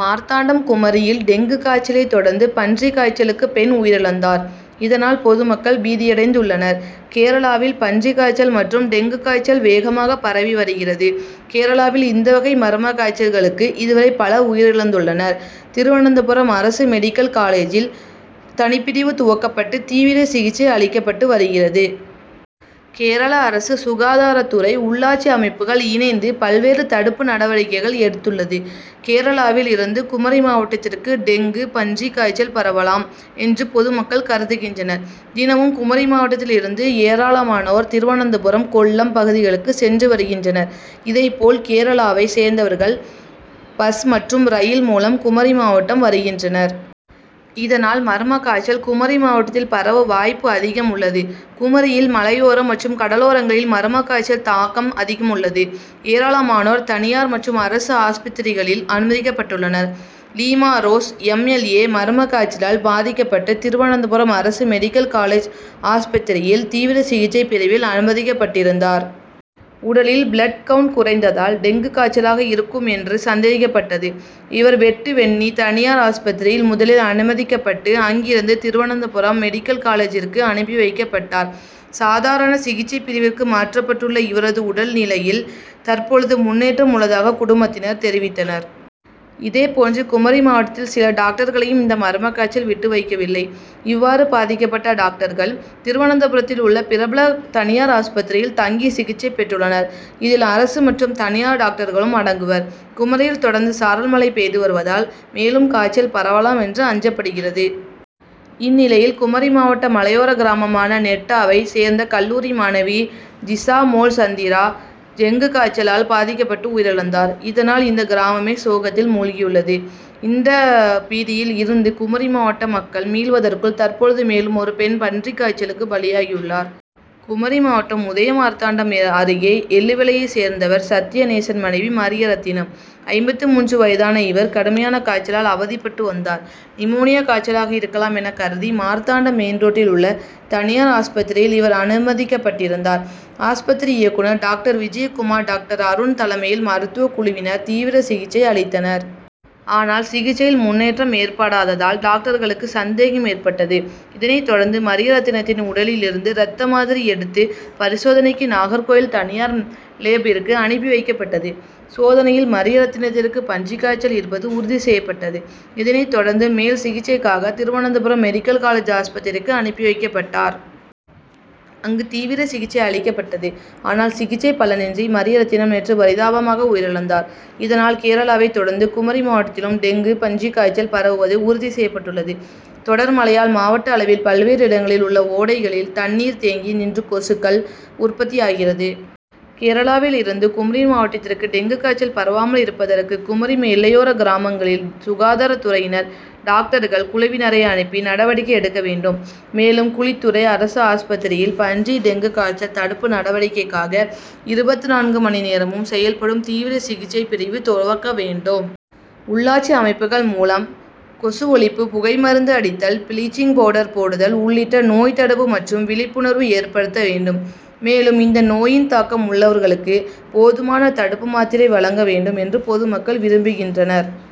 மார்த்தாண்டம் குமரியில் டெங்கு காய்ச்சலை தொடர்ந்து பன்றி காய்ச்சலுக்கு பெண் உயிரிழந்தார். இதனால் பொதுமக்கள் பீதியடைந்துள்ளனர். கேரளாவில் பன்றி காய்ச்சல் மற்றும் டெங்கு காய்ச்சல் வேகமாக பரவி வருகிறது. கேரளாவில் இந்த வகை மர்ம காய்ச்சல்களுக்கு இதுவரை பலர் உயிரிழந்துள்ளனர். திருவனந்தபுரம் அரசு மெடிக்கல் காலேஜில் தனிப்பிரிவு துவக்கப்பட்டு தீவிர சிகிச்சை அளிக்கப்பட்டு வருகிறது. கேரள அரசு, சுகாதாரத்துறை, உள்ளாட்சி அமைப்புகள் இணைந்து பல்வேறு தடுப்பு நடவடிக்கைகள் எடுத்துள்ளது. கேரளாவில் இருந்து குமரி மாவட்டத்திற்கு டெங்கு, பன்றி காய்ச்சல் பரவலாம் என்று பொதுமக்கள் கருதுகின்றனர். தினமும் குமரி மாவட்டத்தில் இருந்து ஏராளமானோர் திருவனந்தபுரம், கொல்லம் பகுதிகளுக்கு சென்று வருகின்றனர். இதை போல் கேரளாவை சேர்ந்தவர்கள் பஸ் மற்றும் ரயில் மூலம் குமரி மாவட்டம் வருகின்றனர். இதனால் மர்ம காய்ச்சல் குமரி மாவட்டத்தில் பரவ வாய்ப்பு அதிகமுள்ளது. குமரியில் மலையோரம் மற்றும் கடலோரங்களில் மர்ம காய்ச்சல் தாக்கம் அதிகமுள்ளது. ஏராளமானோர் தனியார் மற்றும் அரசு ஆஸ்பத்திரிகளில் அனுமதிக்கப்பட்டுள்ளனர். லீமாறோஸ் எம். எல். ஏ., மர்ம காய்ச்சலால் பாதிக்கப்பட்டு திருவனந்தபுரம் அரசு மெடிக்கல் காலேஜ் ஆஸ்பத்திரியில் தீவிர சிகிச்சை பிரிவில் அனுமதிக்கப்பட்டிருந்தார். உடலில் பிளட் கவுண்ட் குறைந்ததால் டெங்கு காய்ச்சலாக இருக்கும் என்று சந்தேகிக்கப்பட்டது. இவர் வெட்டுவெந்நி தனியார் ஆஸ்பத்திரியில் முதலில் அனுமதிக்கப்பட்டு, அங்கிருந்து திருவனந்தபுரம் மெடிக்கல் காலேஜிற்கு அனுப்பி வைக்கப்பட்டார். சாதாரண சிகிச்சை பிரிவிற்கு மாற்றப்பட்டுள்ள இவரது உடல் நிலையில் தற்பொழுது முன்னேற்றம் உள்ளதாக குடும்பத்தினர் தெரிவித்தனர். இதேப்போன்று குமரி மாவட்டத்தில் சில டாக்டர்களையும் இந்த மர்ம காய்ச்சல் விட்டு வைக்கவில்லை. இவ்வாறு பாதிக்கப்பட்ட டாக்டர்கள் திருவனந்தபுரத்தில் உள்ள பிரபல தனியார் ஆஸ்பத்திரியில் தங்கி சிகிச்சை பெற்றுள்ளனர். இதில் அரசு மற்றும் தனியார் டாக்டர்களும் அடங்குவர். குமரியில் தொடர்ந்து சாரல் மழை பெய்து வருவதால் மேலும் காய்ச்சல் பரவலாம் என்று அஞ்சப்படுகிறது. இந்நிலையில் குமரி மாவட்ட மலையோர கிராமமான நெட்டாவை சேர்ந்த கல்லூரி மாணவி ஜிசாமோள்சந்திரா டெங்கு காய்ச்சலால் பாதிக்கப்பட்டு உயிரிழந்தார். இதனால் இந்த கிராமமே சோகத்தில் முழ்கியுள்ளது. இந்த பீதியில் இருந்து குமரி மாவட்ட மக்கள் மீள்வதற்குள் தற்பொழுது மேலும் ஒரு பெண் பன்றி காய்ச்சலுக்கு பலியாகியுள்ளார். குமரி மாவட்டம், உதயமார்த்தாண்டம் அருகே எள்ளுவிளையை சேர்ந்தவர் சத்தியநேசன் மனைவி மரியரத்தினம். ஐம்பத்து மூன்று வயதான இவர் கடுமையான காய்ச்சலால் அவதிப்பட்டு வந்தார். நிமோனியா காய்ச்சலாக இருக்கலாம் என கருதி மார்த்தாண்டம் மெயின் ரோட்டில் உள்ள தனியார் ஆஸ்பத்திரியில் இவர் அனுமதிக்கப்பட்டிருந்தார். ஆஸ்பத்திரி இயக்குனர் டாக்டர் விஜயகுமார், டாக்டர் அருண் தலைமையில் மருத்துவ குழுவினர் தீவிர சிகிச்சை அளித்தனர். ஆனால் சிகிச்சையில் முன்னேற்றம் ஏற்படாததால் டாக்டர்களுக்கு சந்தேகம் ஏற்பட்டது. இதனை தொடர்ந்து மரியரத்தினத்தின் உடலில் இருந்து ரத்த மாதிரி எடுத்து பரிசோதனைக்கு நாகர்கோவில் தனியார் லேப்பிற்கு அனுப்பி வைக்கப்பட்டது. சோதனையில் மரியரத்தினத்திற்கு பன்றி காய்ச்சல் இருப்பது உறுதி செய்யப்பட்டது. இதனை தொடர்ந்து மேல் சிகிச்சைக்காக திருவனந்தபுரம் மெடிக்கல் காலேஜ் ஆஸ்பத்திரிக்கு அனுப்பி வைக்கப்பட்டார். அங்கு தீவிர சிகிச்சை அளிக்கப்பட்டது. ஆனால் சிகிச்சை பலனின்றி மரியரத்தினம் நேற்று பரிதாபமாக உயிரிழந்தார். இதனால் கேரளாவை தொடர்ந்து குமரி மாவட்டத்திலும் டெங்கு, பன்றி காய்ச்சல் பரவுவது உறுதி செய்யப்பட்டுள்ளது. தொடர் மழையால் மாவட்ட அளவில் பல்வேறு இடங்களில் உள்ள ஓடைகளில் தண்ணீர் தேங்கி நின்று கொசுக்கள் உற்பத்தியாகிறது. கேரளாவில் இருந்து குமரி மாவட்டத்திற்கு டெங்கு காய்ச்சல் பரவாமல் இருப்பதற்கு குமரி எல்லையோர கிராமங்களில் சுகாதாரத்துறையினர் டாக்டர்கள் குழுவினரை அனுப்பி நடவடிக்கை எடுக்க வேண்டும். மேலும் குழித்துறை அரசு ஆஸ்பத்திரியில் பன்றி, டெங்கு காய்ச்சல் தடுப்பு நடவடிக்கைக்காக இருபத்து நான்கு மணி நேரமும் செயல்படும் தீவிர சிகிச்சை பிரிவு துவக்க வேண்டும். உள்ளாட்சி அமைப்புகள் மூலம் கொசு ஒழிப்பு புகைமருந்து அடித்தல், பிளீச்சிங் பவுடர் போடுதல் உள்ளிட்ட நோய் தடுப்பு மற்றும் விழிப்புணர்வு ஏற்படுத்த வேண்டும். மேலும் இந்த நோயின் தாக்கம் உள்ளவர்களுக்கு போதுமான தடுப்பு மாத்திரை வழங்க வேண்டும் என்று பொதுமக்கள் விரும்புகின்றனர்.